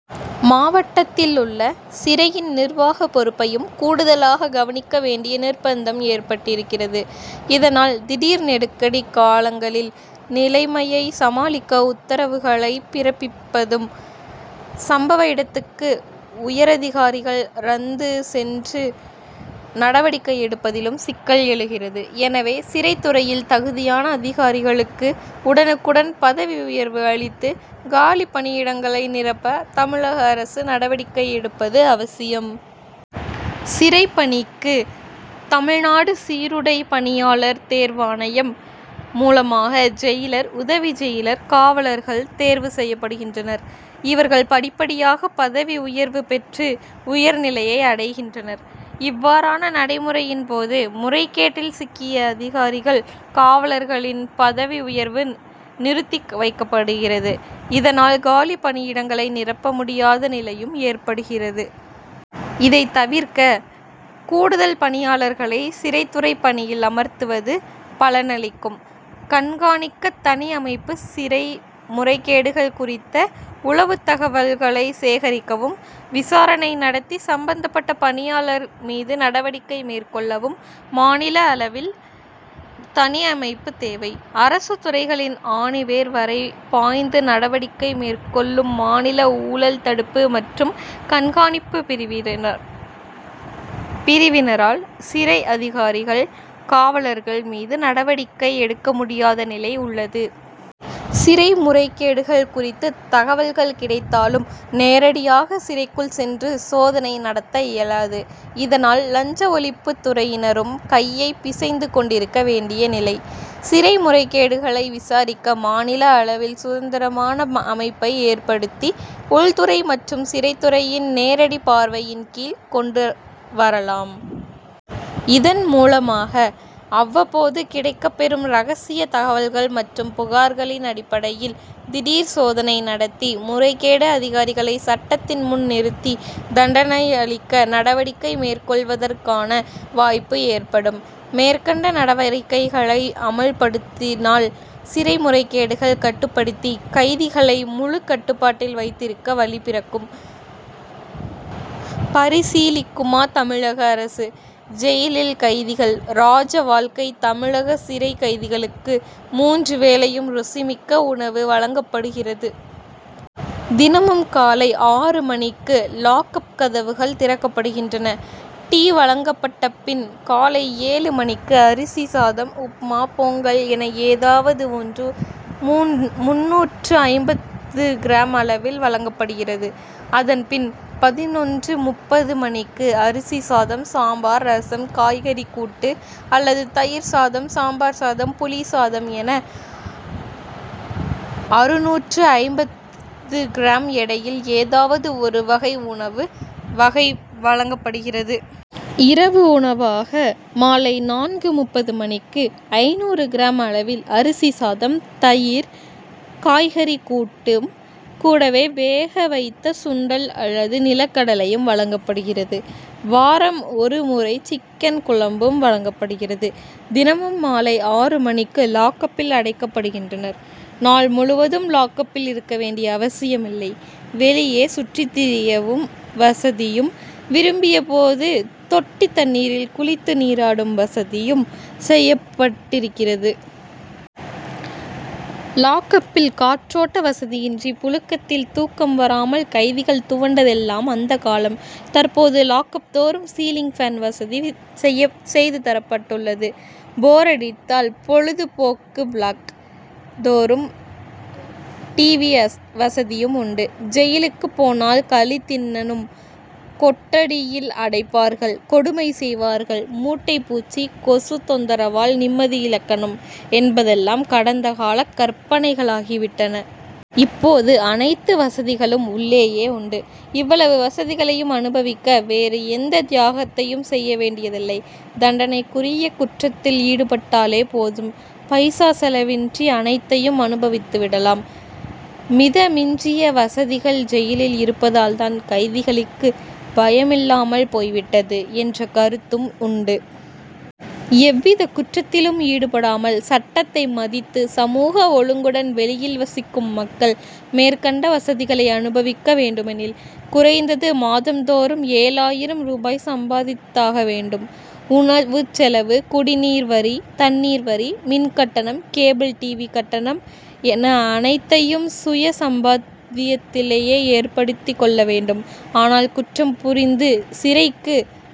மாவட்டத்திலுள்ள சிறையின் நிர்வாக பொறுப்பையும் கூடுதலாக கவனிக்க வேண்டிய நிர்பந்தம் ஏற்பட்டிருக்கிறது. இதனால், திடீர் நெருக்கடி காலங்களில் நிலைமையை சமாளிக்க உத்தரவுகளை பிறப்பிப்பதிலும், சம்பவ இடத்துக்கு உயரதிகாரிகள் ரந்து சென்று நடவடிக்கை எடுப்பதிலும் சிக்கல் எழுகிறது. எனவே, சிறைத்துறையில் தகுதியான அதிகாரிகளுக்கு உடனுக்குடன் பதவி உயர்வு அளித்து, காலி பணியிடங்களை நிரப்ப தமிழக அரசு நடவடிக்கை எடுப்பது அவசியம். சிறை பணிக்கு, தமிழ்நாடு சீருடை பணியாளர் தேர்வாணையம் மூலமாக ஜெயிலர், உதவி ஜெயிலர், காவலர்கள் தேர்வு செய்யப்படுகின்றனர். இவர்கள் படிப்படியாக பதவி உயர்வு பெற்று உயர்நிலையை அடைகின்றனர். இவ்வாறான நடைமுறையின் போது முறைகேட்டில் சிக்கிய அதிகாரிகள், காவலர்களின் பதவி உயர்வு நிறுத்தி வைக்கப்படுகிறது. இதனால், காலி பணியிடங்களை நிரப்ப முடியாத நிலையும் ஏற்படுகிறது. இதை தவிர்க்க, கூடுதல் பணியாளர்களை சிறைத்துறை பணியில் அமர்த்துவது பலனளிக்கும். கண்காணிக்க தனி அமைப்பு சிறை முறைகேடுகள் குறித்த உளவுத்தகவல்களை சேகரிக்கவும், விசாரணை நடத்தி சம்மந்தப்பட்ட பணியாளர் மீது நடவடிக்கை மேற்கொள்ளவும் மாநில அளவில் தனி அமைப்பு தேவை. அரசுத்துறைகளின் ஆணிவேர் வரை பாய்ந்து நடவடிக்கை மேற்கொள்ளும் மாநில ஊழல் தடுப்பு மற்றும் கண்காணிப்பு பிரிவினர பிரிவினரால், சிறை அதிகாரிகள், காவலர்கள் மீது நடவடிக்கை எடுக்க முடியாத நிலை உள்ளது. சிறைமுறைகேடுகள் குறித்து தகவல்கள் கிடைத்தாலும், நேரடியாக சிறைக்குள் சென்று சோதனை நடத்தஇயலாது. இதனால், லஞ்ச ஒழிப்பு துறையினரும் கையை பிசைந்து கொண்டிருக்க வேண்டிய நிலை. சிறை முறைகேடுகளை விசாரிக்க மாநில அளவில் சுதந்திரமான அமைப்பை ஏற்படுத்தி, உள்துறை மற்றும் சிறைத்துறையின் நேரடி பார்வையின் கீழ் கொண்டுவரலாம். இதன் மூலமாக, அவ்வப்போது கிடைக்கப்பெறும் ரகசிய தகவல்கள் மற்றும் புகார்களின் அடிப்படையில் திடீர் சோதனை நடத்தி, முறைகேடு அதிகாரிகளை சட்டத்தின் முன் நிறுத்தி தண்டனை அளிக்க நடவடிக்கை மேற்கொள்வதற்கான வாய்ப்பு ஏற்படும். மேற்கண்ட நடவடிக்கைகளை அமல்படுத்தினால், சிறை முறைகேடுகளை கட்டுப்படுத்தி, கைதிகளை முழு கட்டுப்பாட்டில் வைத்திருக்க வழி பிறக்கும்; பரிசீலிக்குமா தமிழக அரசு ஜெயிலில் கைதிகள், ராஜ வாழ்க்கை தமிழக சிறை கைதிகளுக்கு மூன்று வேளையும் ருசி மிக்க உணவு வழங்கப்படுகிறது. தினமும் காலை ஆறு மணிக்கு லாக்கப்' கதவுகள் திறக்கப்படுகின்றன. டீ வழங்கப்பட்ட பின் காலை ஏழு மணிக்கு அரிசி சாதம், உப்புமா, பொங்கல் என ஏதாவது ஒன்று முன்று முன்னூற்று ஐம்பது கிராம் அளவில் வழங்கப்படுகிறது. அதன் பின், பதினொன்று.முப்பது மணிக்கு அரிசி சாதம், சாம்பார், ரசம், காய்கறி கூட்டு அல்லது தயிர் சாதம், சாம்பார் சாதம், புளிசாதம் என அறுநூற்று ஐம்பது கிராம் எடையில் ஏதாவது ஒரு வகை உணவு வகை வழங்கப்படுகிறது. இரவு உணவாக, மாலை நான்கு.முப்பது மணிக்கு ஐநூறு கிராம் அளவில் அரிசி சாதம், தயிர், காய்கறி கூட்டும், கூடவே வேக வைத்த சுண்டல் அல்லது நிலக்கடலையும் வழங்கப்படுகிறது. வாரம் ஒரு முறை சிக்கன் குழம்பும் வழங்கப்படுகிறது. தினமும் மாலை ஆறு மணிக்கு லாக்கப்பில் அடைக்கப்படுகின்றனர். நாள் முழுவதும் லாக்கப்பில் இருக்க வேண்டிய அவசியமில்லை வெளியே சுற்றித்திரியும் வசதியும், விரும்பிய போது தொட்டி தண்ணீரில் குளித்து நீராடும் வசதியும் செய்யப்பட்டிருக்கிறது. லாக்கப்'பில் காற்றோட்ட வசதியின்றி புழுக்கத்தில் தூக்கம் வராமல் கைதிகள் துவண்டதெல்லாம் அந்தக்காலம். தற்போது, லாக்கப் தோறும் சீலிங் பேன்' வசதி செய்து தரப்பட்டுள்ளது. போர் அடித்தால்' பொழுது போக்க பிளாக்' தோறும் டிவி' வசதியும் உண்டு. ஜெயிலுக்கு போனால் களி திண்ணனும்; கொட்டடியில் அடைப்பார்கள்; கொடுமை செய்வார்கள்; மூட்டைப்பூச்சி, கொசு தொந்தரவால் நிம்மதியிழக்கனும்' என்பதெல்லாம் கடந்தகால கற்பனைகளாகிவிட்டன. இப்போது, அனைத்து வசதிகளும் உள்ளேயே உண்டு. இவ்வளவு வசதிகளையும் அனுபவிக்க வேறு எந்த தியாகத்தையும் செய்ய வேண்டியதில்லை; தண்டனைக்குரிய குற்றத்தில் ஈடுபட்டாலே போதும், பைசா செலவின்றி அனைத்தையும் அனுபவித்து விடலாம். மித மிஞ்சிய வசதிகள் ஜெயிலில் இருப்பதால் தான், கைதிகளுக்கு பயமில்லாமல் போய் விட்டது' என்ற கருத்தும் உண்டு. எவ்வித குற்றத்திலும் ஈடுபடாமல், சட்டத்தை மதித்து சமூக ஒழுங்குடன் வெளியில் வசிக்கும் மக்கள், மேற்கண்ட வசதிகளை அனுபவிக்க வேண்டுமெனில், குறைந்தது மாதம்தோறும் ஏழாயிரம் ரூபாய் சம்பாதித்தாக வேண்டும். உணவுச்செலவு, குடிநீர் வரி, தண்ணீர் வரி, மின் கட்டணம், கேபிள் டிவி' கட்டணம் என அனைத்தையும் சுய சம்பாத்தியத்திலேயே ஏற்படுத்திக் கொள்ள வேண்டும். ஆனால், குற்றம் புரிந்து சிறைக்கு